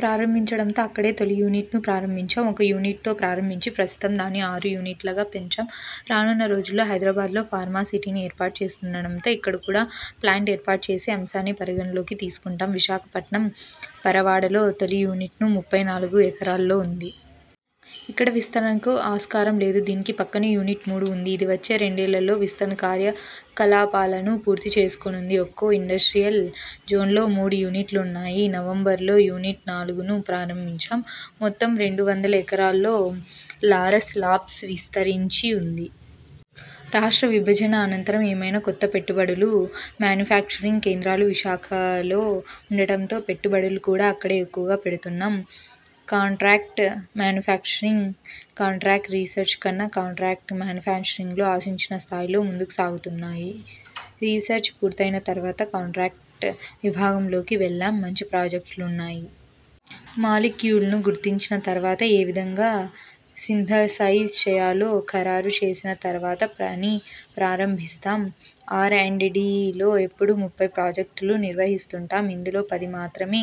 ప్రారంభించటంతో అక్కడే తొలి యూనిట్ను ప్రారంభించాం. ఒక యూనిట్తో ప్రారంభించి ప్రస్తుతం దాన్ని ఆరు యూనిట్లగా పెంచాం. రానున్న రోజుల్లో హైదరాబాద్లో ఫార్మా సిటీని ఏర్పాటు చేస్తుండటంతో ఇక్కడ కూడా ప్లాంట్ ఏర్పాటు చేసే అంశాన్ని పరిగణనలోకి తీసుకుంటాం. విశాఖపట్నం పరవాడలో తొలి యూనిట్ను ముప్పై నాలుగు ఎకరాల్లో ఉంది. ఇక్కడ విస్తరణకు ఆస్కారం లేదు. దీనికి పక్కనే యూనిట్ మూడు ఉంది. ఇది వచ్చే రెండేళ్లలో విస్తరణ కార్యకలాపాలను పూర్తి చేసుకోనుంది. ఒక్కో ఇండస్ట్రియల్ జోన్లో మూడు యూనిట్లున్నాయి. నవంబరులో యూనిట్ నాలుగును ప్రారంభించాం. మొత్తం రెండు వందల ఎకరాల్లో లారస్ లాబ్స్ విస్తరించి ఉంది. రాష్ట్ర విభజన అనంతరం ఏమైనా కొత్త పెట్టుబడులు? మాన్యుఫ్యాక్చరింగ్ కేంద్రాలు విశాఖలో ఉండటంతో పెట్టుబడులు కూడా అక్కడే ఎక్కువగా పెడుతున్నాం. Contract manufacturing? కాంట్రాక్ట్ రీసెర్చ్ కన్నా కాంట్రాక్ట్ మాన్యుఫ్యాక్చరింగ్లో ఆశించిన స్థాయిలో ముందుకు సాగుతున్నాం. రీసెర్చ్ పూర్తయిన తర్వాత కాంట్రాక్టు విభాగంలోకి వెళ్లాం. మంచి ప్రాజెక్టులున్నాయి. మాలిక్యూల్ను గుర్తించిన తర్వాత ఏ విధంగా సింథసైజ్ చేయాలో ఖరారు చేసిన తర్వాత పని ప్రారంభిస్తాం. ఆర్ అండ్ డి లో ఎప్పుడు ముప్పై ప్రాజెక్టులు నిర్వహిస్తుంటాం. ఇందులో పది మాత్రమే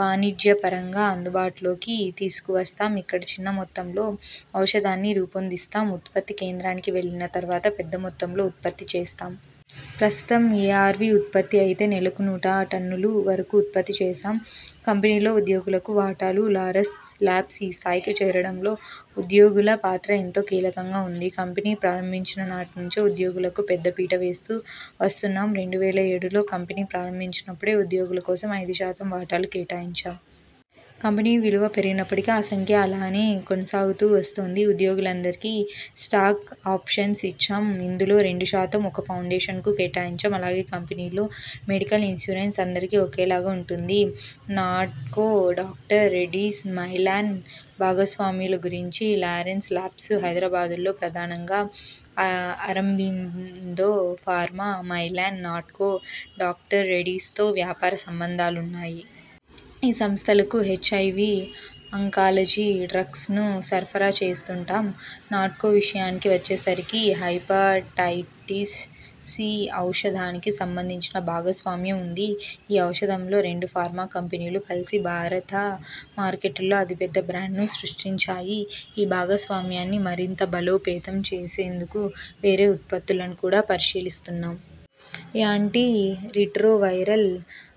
వాణిజ్యపరంగా అందుబాటులోకి తీసుకువస్తాం. ఇక్కడ చిన్న మొత్తంలో ఔషధాన్ని రూపొందిస్తాం. ఉత్పత్తి కేంద్రానికి వెళ్లిన తర్వాత పెద్ద మొత్తంలో ఉత్పత్తి చేస్తాం. ప్రస్తుతం ఎఆర్వి ఉత్పత్తి అయితే నెలకు నూట టన్నుల వరకు ఉత్పత్తి చేస్తాం. కంపెనీలో ఉద్యోగులకు వాటాలు? లారస్ లాబ్స్ ఈ స్థాయికి చేరటంలో ఉద్యోగుల పాత్ర ఎంతో కీలకంగా ఉంది. కంపెనీ ప్రారంభించిన నాటి నుంచే ఉద్యోగులకు పెద్ద పీట వేస్తూ వస్తున్నాం. రెండు వేల ఏడులో కంపెనీ ప్రారంభించినప్పుడే ఉద్యోగుల కోసం ఐదు శాతం వాటాలు కేటాయించాం. కంపెనీ విలువ పెరిగినప్పటికీ ఆ సంఖ్య అలానే కొనసాగుతూ వస్తోంది. ఉద్యోగులందరికీ స్టాక్ ఆప్షన్స్ ఇచ్చాం. ఇందులో రెండు శాతం ఒక ఫౌండేషన్కు కేటాయించాం. అలాగే కంపెనీలో మెడికల్ ఇన్సూరెన్స్ అందరికీ ఒకేలా ఉంటుంది. నాట్కో, డాక్టర్ రెడ్డీస్, మైలాన్ భాగస్వామ్యాల గురించి.. లారస్ లాబ్స్కు హైదరాబాద్లో ప్రధానంగా Aurobindo pharma, Mylan, Natco, doctor Reddy's తో వ్యాపార సంంబంధాలున్నాయి. ఈ సంస్థలకు హెచ్ఐవి, అంకాలజీ డ్రగ్స్ను సరఫరా చేస్తుంటాం. నాట్కో విషయానికి వచ్చేసరికి హెపటైటిస్ సి ఔషధానికి సంబంధించి భాగస్వామ్యం ఉంది. ఈ ఔషధంతో రెండు ఫార్మా కంపెనీలు కలిసి భారత మార్కెట్లో అతిపెద్ద బ్రాండ్ను సృష్టించాయి. ఈ భాగస్వామ్యాన్ని మరింత బలోపేతం చేసేందుకు వేరే ఉత్పత్తులను కూడా పరిశీలిస్తున్నాం. యాంటీ రిట్రోవైరల్,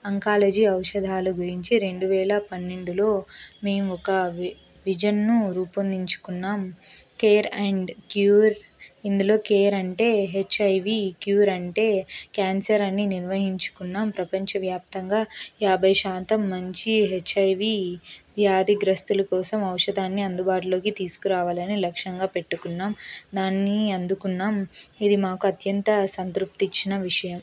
అంకాలజీ ఔషధాల గురించి రెండు వేల పన్నెండులో మేం ఒక విజన్ను రూపొందించుకున్నాం. Care, and cure. ఇందులో కేర్ అంటే హెచ్ఐవి, క్యూర్ అంటే కేన్సర్ అని నిర్వచించుకున్నాం. ప్రపంచవ్యాప్తంగా యాభై శాతం మంది హెచ్ఐవి వ్యాధిగ్రస్తుల కోసం ఔషధాన్ని అందుబాటులోకి తీసుకురావాలని లక్ష్యంగా పెట్టుకున్నాం. దాన్ని అందుకున్నాం. ఇది మాకు అత్యంత సంతృప్తిచ్చిన విషయం.